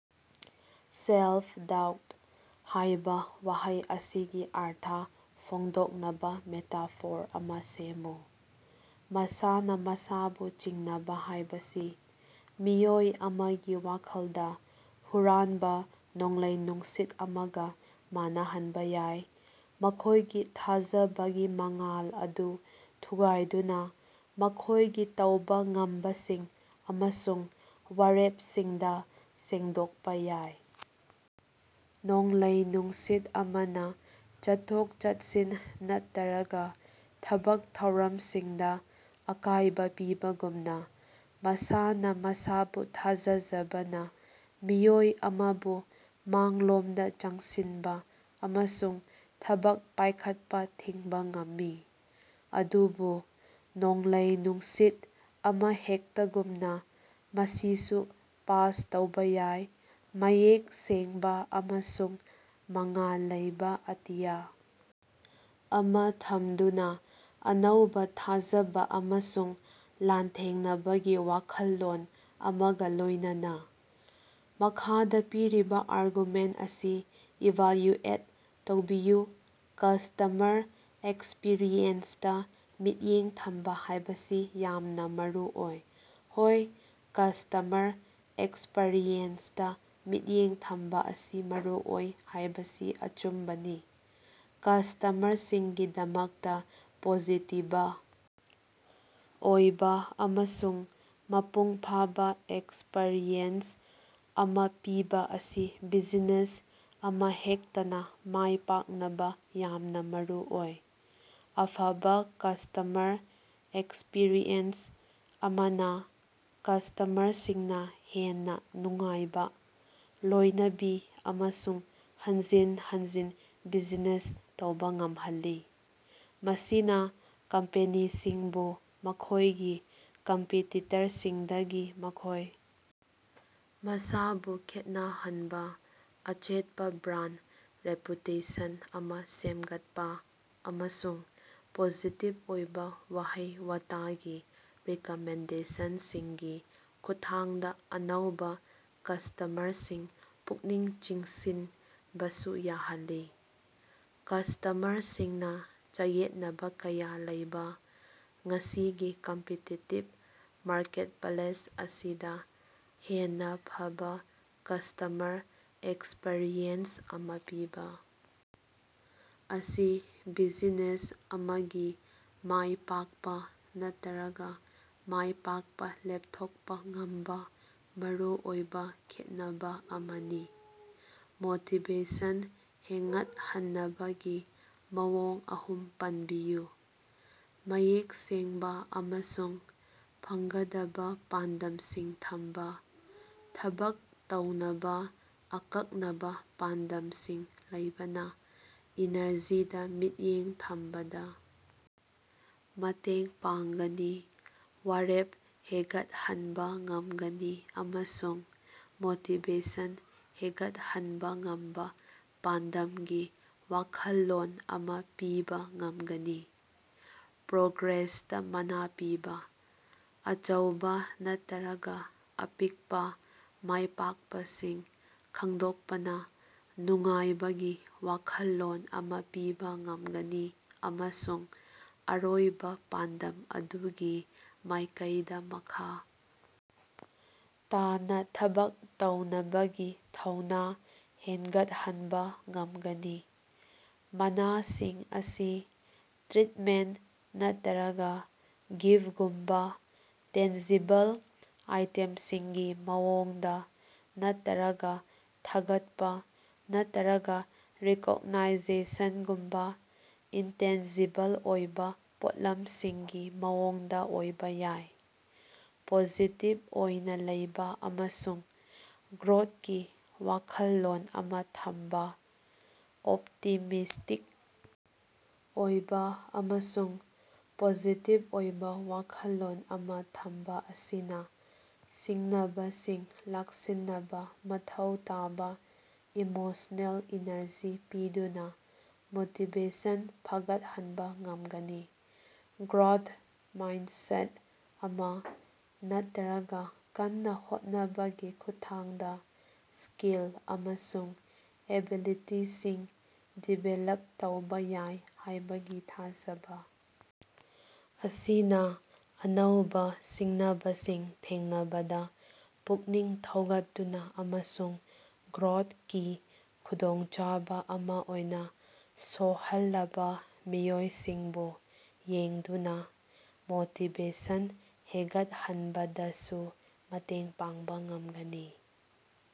"Self-doubt" ꯍꯥꯏꯕ ꯋꯥꯍꯩ ꯑꯁꯤꯒꯤ ꯑꯔꯊ ꯐꯣꯡꯗꯣꯛꯅꯕꯥ ꯃꯦꯇꯥꯐꯣꯔ ꯑꯃ ꯁꯦꯝꯃꯨ꯫ ꯃꯁꯥꯅ ꯃꯁꯥꯕꯨ ꯆꯤꯡꯅꯕ ꯍꯥꯏꯕꯁꯤ ꯃꯤꯑꯣꯏ ꯑꯃꯒꯤ ꯋꯥꯈꯜꯗ ꯍꯨꯔꯥꯟꯕ ꯅꯣꯡꯂꯩ-ꯅꯨꯡꯁꯤꯠ ꯑꯃꯒ ꯃꯥꯟꯅꯍꯟꯕ ꯌꯥꯏ, ꯃꯈꯣꯏꯒꯤ ꯊꯥꯖꯕꯒꯤ ꯃꯉꯥꯜ ꯑꯗꯨ ꯊꯨꯒꯥꯏꯗꯨꯅ ꯃꯈꯣꯏꯒꯤ ꯇꯧꯕ ꯉꯝꯕꯁꯤꯡ ꯑꯃꯁꯨꯡ ꯋꯥꯔꯦꯞꯁꯤꯡꯗ ꯁꯦꯡꯗꯣꯛꯄ ꯌꯥꯏ꯫ ꯅꯣꯡꯂꯩ-ꯅꯨꯡꯁꯤꯠ ꯑꯃꯅ ꯆꯠꯊꯣꯛ-ꯆꯠꯁꯤꯟ ꯅꯠꯇꯔꯒ ꯊꯕꯛ ꯊꯧꯔꯝꯁꯤꯡꯗ ꯑꯀꯥꯏꯕ ꯄꯤꯕꯒꯨꯝꯅ, ꯃꯁꯥꯅ ꯃꯁꯥꯕꯨ ꯊꯥꯖꯖꯕꯅ ꯃꯤꯑꯣꯏ ꯑꯃꯕꯨ ꯃꯥꯡꯂꯣꯝꯗ ꯆꯪꯁꯤꯟꯕ ꯑꯃꯁꯨꯡ ꯊꯕꯛ ꯄꯥꯏꯈꯠꯄ ꯊꯤꯡꯕ ꯉꯝꯃꯤ꯫ ꯑꯗꯨꯕꯨ ꯅꯣꯡꯂꯩ-ꯅꯨꯡꯁꯤꯠ ꯑꯃꯍꯦꯛꯇꯒꯨꯝꯅ, ꯃꯁꯤꯁꯨ ꯄꯥꯁ ꯇꯧꯕ ꯌꯥꯏ, ꯃꯌꯦꯛ ꯁꯦꯡꯕꯥ ꯑꯃꯁꯨꯡ ꯃꯉꯥꯜ ꯂꯩꯕ ꯑꯇꯤꯌꯥ ꯑꯃꯥ ꯊꯝꯗꯨꯅꯥ, ꯑꯅꯧꯕ ꯊꯥꯖꯕ ꯑꯃꯁꯨꯡ ꯂꯥꯟꯊꯦꯡꯅꯕꯒꯤ ꯋꯥꯈꯜꯂꯣꯟ ꯑꯃꯒ ꯂꯣꯏꯅꯅꯥ꯫ ꯃꯈꯥꯗ ꯄꯤꯔꯤꯕ ꯑꯥꯔꯒꯨꯃꯦꯟꯇ ꯑꯁꯤ ꯏꯚꯥꯜꯌꯨꯑꯦꯠ ꯇꯧꯕꯤꯌꯨ ꯀꯁ꯭ꯇꯃꯔ ꯑꯦꯛꯁꯄꯤꯔꯤꯑꯦꯟꯁꯇꯥ ꯃꯤꯠꯌꯦꯡ ꯊꯝꯕꯥ ꯍꯥꯏꯕꯁꯤ ꯌꯥꯝꯅ ꯃꯔꯨꯑꯣꯏ꯫ ꯍꯣꯏ, ꯀꯁ꯭ꯇꯃꯔ ꯑꯦꯛꯁꯄꯔꯤꯌꯦꯟꯁꯇꯥ ꯃꯤꯠꯌꯦꯡ ꯊꯝꯕꯥ ꯑꯁꯤ ꯃꯔꯨꯑꯣꯏ ꯍꯥꯏꯕꯁꯤ ꯑꯆꯨꯝꯕꯅꯤ꯫ ꯀꯁ꯭ꯇꯃꯔꯁꯤꯡꯒꯤꯗꯃꯛꯇꯥ ꯄꯣꯖꯤꯇꯤꯕ ꯑꯣꯏꯕ ꯑꯃꯁꯨꯡ ꯃꯄꯨꯡ ꯐꯥꯕ ꯑꯦꯛꯁꯄꯔꯤꯌꯦꯟꯁ ꯑꯃ ꯄꯤꯕ ꯑꯁꯤ ꯕꯤꯖꯤꯅꯦꯁ ꯑꯃꯍꯦꯛꯇꯅꯥ ꯃꯥꯏ ꯄꯥꯛꯅꯕ ꯌꯥꯝꯅ ꯃꯔꯨꯑꯣꯏ꯫ ꯑꯐꯕꯥ ꯀꯁ꯭ꯇꯃꯔ ꯑꯦꯛꯁꯄꯤꯔꯤꯑꯦꯟꯁ ꯑꯃꯅ ꯀꯁ꯭ꯇꯃꯔꯁꯤꯡꯅ ꯍꯦꯟꯅꯥ ꯅꯨꯡꯉꯥꯏꯕ, ꯂꯣꯏꯅꯕꯤ ꯑꯃꯁꯨꯡ ꯍꯟꯖꯤꯟ ꯍꯟꯖꯤꯟ ꯕꯤꯖꯤꯅꯦꯁ ꯇꯧꯕꯥ ꯉꯝꯍꯜꯂꯤ꯫ ꯃꯁꯤꯅ ꯀꯝꯄꯦꯅꯤꯁꯤꯡꯕꯨ ꯃꯈꯣꯏꯒꯤ ꯀꯝꯄꯤꯇꯤꯇꯔꯁꯤꯡꯗꯒꯤ ꯃꯈꯣꯏ ꯃꯁꯥꯕꯨ ꯈꯦꯠꯅ ꯍꯟꯕꯥ, ꯑꯆꯦꯠꯄꯥ ꯕ꯭ꯔꯥꯟꯗ ꯔꯦꯄꯨꯇꯦꯁꯟ ꯑꯃ ꯁꯦꯝꯒꯠꯄꯥ, ꯑꯃꯁꯨꯡ ꯄꯣꯖꯤꯇꯤꯕ ꯑꯣꯏꯕ ꯋꯥꯍꯩ-ꯋꯥꯇꯒꯤ ꯔꯤꯀꯃꯦꯟꯗꯦꯁꯟꯁꯤꯡꯒꯤ ꯈꯨꯠꯊꯥꯡꯗ ꯑꯅꯧꯕ ꯀꯁ꯭ꯇꯃꯔꯁꯤꯡ ꯄꯨꯛꯅꯤꯡ ꯆꯤꯡꯁꯤꯟꯕꯁꯨ ꯌꯥꯍꯜꯂꯤ꯫ ꯀꯁ꯭ꯇꯃꯔꯁꯤꯡꯅꯥ ꯆꯌꯦꯠꯅꯕꯥ ꯀꯌꯥ ꯂꯩꯕ ꯉꯁꯤꯒꯤ ꯀꯝꯄꯤꯇꯤꯇꯤꯕ ꯃꯥꯔꯀꯦꯠꯄꯂꯦꯁ ꯑꯁꯤꯗ, ꯍꯦꯟꯅꯥ ꯐꯕꯥ ꯀꯁ꯭ꯇꯃꯔ ꯑꯦꯛꯁꯄꯔꯤꯌꯦꯟꯁ ꯑꯃ ꯄꯤꯕ ꯑꯁꯤ ꯕꯤꯖꯤꯅꯦꯁ ꯑꯃꯒꯤ ꯃꯥꯏ ꯄꯥꯛꯄꯥ ꯅꯠꯇꯔꯒ ꯃꯥꯏ ꯄꯥꯛꯄ ꯂꯦꯞꯊꯣꯛꯄꯥ ꯉꯝꯕꯥ ꯃꯔꯨ ꯑꯣꯏꯕ ꯈꯦꯠꯅꯕꯥ ꯑꯃꯅꯤ꯫ ꯃꯣꯇꯤꯕꯦꯁꯟ ꯍꯦꯉꯠꯍꯟꯅꯕꯒꯤ ꯃꯑꯣꯡ ꯑꯍꯨꯝ ꯄꯟꯕꯤꯌꯨ꯫ ꯃꯌꯦꯛ ꯁꯦꯡꯕꯥ ꯑꯃꯁꯨꯡ ꯐꯪꯒꯗꯕꯥ ꯄꯥꯟꯗꯝꯁꯤꯡ ꯊꯝꯕꯥ: ꯊꯕꯛ ꯇꯧꯅꯕꯥ ꯑꯀꯛꯅꯕꯥ ꯄꯥꯟꯗꯝꯁꯤꯡ ꯂꯩꯕꯅ ꯏꯅꯔꯖꯤꯗꯥ ꯃꯤꯠꯌꯦꯡ ꯊꯝꯕꯗꯥ ꯃꯇꯦꯡ ꯄꯥꯡꯒꯅꯤ, ꯋꯥꯔꯦꯞ ꯍꯦꯒꯠꯍꯟꯕꯥ ꯉꯝꯒꯅꯤ ꯑꯃꯁꯨꯡ ꯃꯣꯇꯤꯕꯦꯁꯟ ꯍꯦꯒꯠꯍꯟꯕꯥ ꯉꯝꯕꯥ ꯄꯥꯟꯗꯝꯒꯤ ꯋꯥꯈꯜꯂꯣꯟ ꯑꯃ ꯄꯤꯕ ꯉꯝꯒꯅꯤ꯫ ꯄ꯭ꯔꯣꯒ꯭ꯔꯦꯁꯇꯥ ꯃꯅꯥ ꯄꯤꯕꯥ: ꯑꯆꯧꯕ ꯅꯠꯇꯔꯒ ꯑꯄꯤꯛꯄꯥ ꯃꯥꯏꯄꯥꯛꯄꯁꯤꯡ ꯈꯪꯗꯣꯛꯄꯅꯥ ꯅꯨꯡꯉꯥꯏꯕꯒꯤ ꯋꯥꯈꯜꯂꯣꯟ ꯑꯃ ꯄꯤꯕ ꯉꯝꯒꯅꯤ ꯑꯃꯁꯨꯡ ꯑꯔꯣꯏꯕ ꯄꯥꯟꯗꯝ ꯑꯗꯨꯒꯤ ꯃꯥꯏꯀꯩꯗ ꯃꯈꯥ ꯇꯥꯅ ꯊꯕꯛ ꯇꯧꯅꯕꯒꯤ ꯊꯧꯅꯥ ꯍꯦꯟꯒꯠꯍꯟꯕꯥ ꯉꯝꯒꯅꯤ꯫ ꯃꯅꯥꯁꯤꯡ ꯑꯁꯤ ꯇ꯭ꯔꯤꯠꯃꯦꯟꯇ ꯅꯠꯇꯔꯒꯥ ꯒꯤꯐꯒꯨꯝꯕꯥ ꯇꯦꯟꯖꯤꯕꯜ ꯑꯥꯏꯇꯦꯝꯁꯤꯡꯒꯤ ꯃꯑꯣꯡꯗꯥ ꯅꯠꯇꯔꯒꯥ ꯊꯥꯒꯠꯄ ꯅꯠꯇꯔꯒ ꯔꯤꯀꯣꯛꯅꯥꯏꯖꯦꯁꯟꯒꯨꯝꯕꯥ ꯏꯟꯇꯦꯟꯖꯤꯕꯜ ꯑꯣꯏꯕ ꯄꯣꯠꯂꯝꯁꯤꯡꯒꯤ ꯃꯑꯣꯡꯗ ꯑꯣꯏꯕ ꯌꯥꯏ꯫ ꯄꯣꯖꯤꯇꯤꯕ ꯑꯣꯏꯅꯥ ꯂꯩꯕ ꯑꯃꯁꯨꯡ ꯒ꯭ꯔꯣꯠꯀꯤ ꯋꯥꯈꯜꯂꯣꯟ ꯑꯃ ꯊꯝꯕꯥ: ꯑꯣꯞꯇꯤꯃꯤꯁ꯭ꯇꯤꯛ ꯑꯣꯏꯕ ꯑꯃꯁꯨꯡ ꯄꯣꯖꯤꯇꯤꯕ ꯑꯣꯏꯕ ꯋꯥꯈꯜꯂꯣꯟ ꯑꯃ ꯊꯝꯕꯥ ꯑꯁꯤꯅ ꯁꯤꯡꯅꯕꯁꯤꯡ ꯂꯥꯛꯁꯤꯟꯅꯕꯥ ꯃꯊꯧ ꯇꯥꯕ ꯏꯃꯣꯁꯅꯦꯜ ꯏꯅꯔꯖꯤ ꯄꯤꯗꯨꯅ ꯃꯣꯇꯤꯕꯦꯁꯟ ꯐꯒꯠꯍꯟꯕꯥ ꯉꯝꯒꯅꯤ꯫ ꯒ꯭ꯔꯣꯊ ꯃꯥꯏꯟꯁꯦꯠ ꯑꯃ, ꯅꯠꯇꯔꯒ ꯀꯟꯅꯥ ꯍꯣꯠꯅꯕꯒꯤ ꯈꯨꯠꯊꯥꯡꯗ ꯁ꯭ꯀꯤꯜ ꯑꯃꯁꯨꯡ ꯑꯦꯕꯤꯂꯤꯇꯤꯁꯤꯡ ꯗꯤꯕꯦꯂꯞ ꯇꯧꯕ ꯌꯥꯏ ꯍꯥꯏꯕꯒꯤ ꯊꯥꯖꯕ ꯑꯁꯤꯅ ꯑꯅꯧꯕ ꯁꯤꯡꯅꯕꯁꯤꯡ ꯊꯦꯡꯅꯕꯗꯥ ꯄꯨꯛꯅꯤꯡ ꯊꯧꯒꯠꯇꯨꯅ ꯑꯃꯁꯨꯡ ꯒ꯭ꯔꯣꯊꯀꯤ ꯈꯨꯗꯣꯡꯆꯥꯕ ꯑꯃ ꯑꯣꯏꯅ ꯁꯣꯍꯜꯂꯕꯥ ꯃꯤꯑꯣꯏꯁꯤꯡꯕꯨ ꯌꯦꯡꯗꯨꯅꯥ ꯃꯣꯇꯤꯕꯦꯁꯟ ꯍꯦꯒꯠꯍꯟꯕꯗꯁꯨ ꯃꯇꯦꯡ ꯄꯥꯡꯕ ꯉꯝꯒꯅꯤ꯫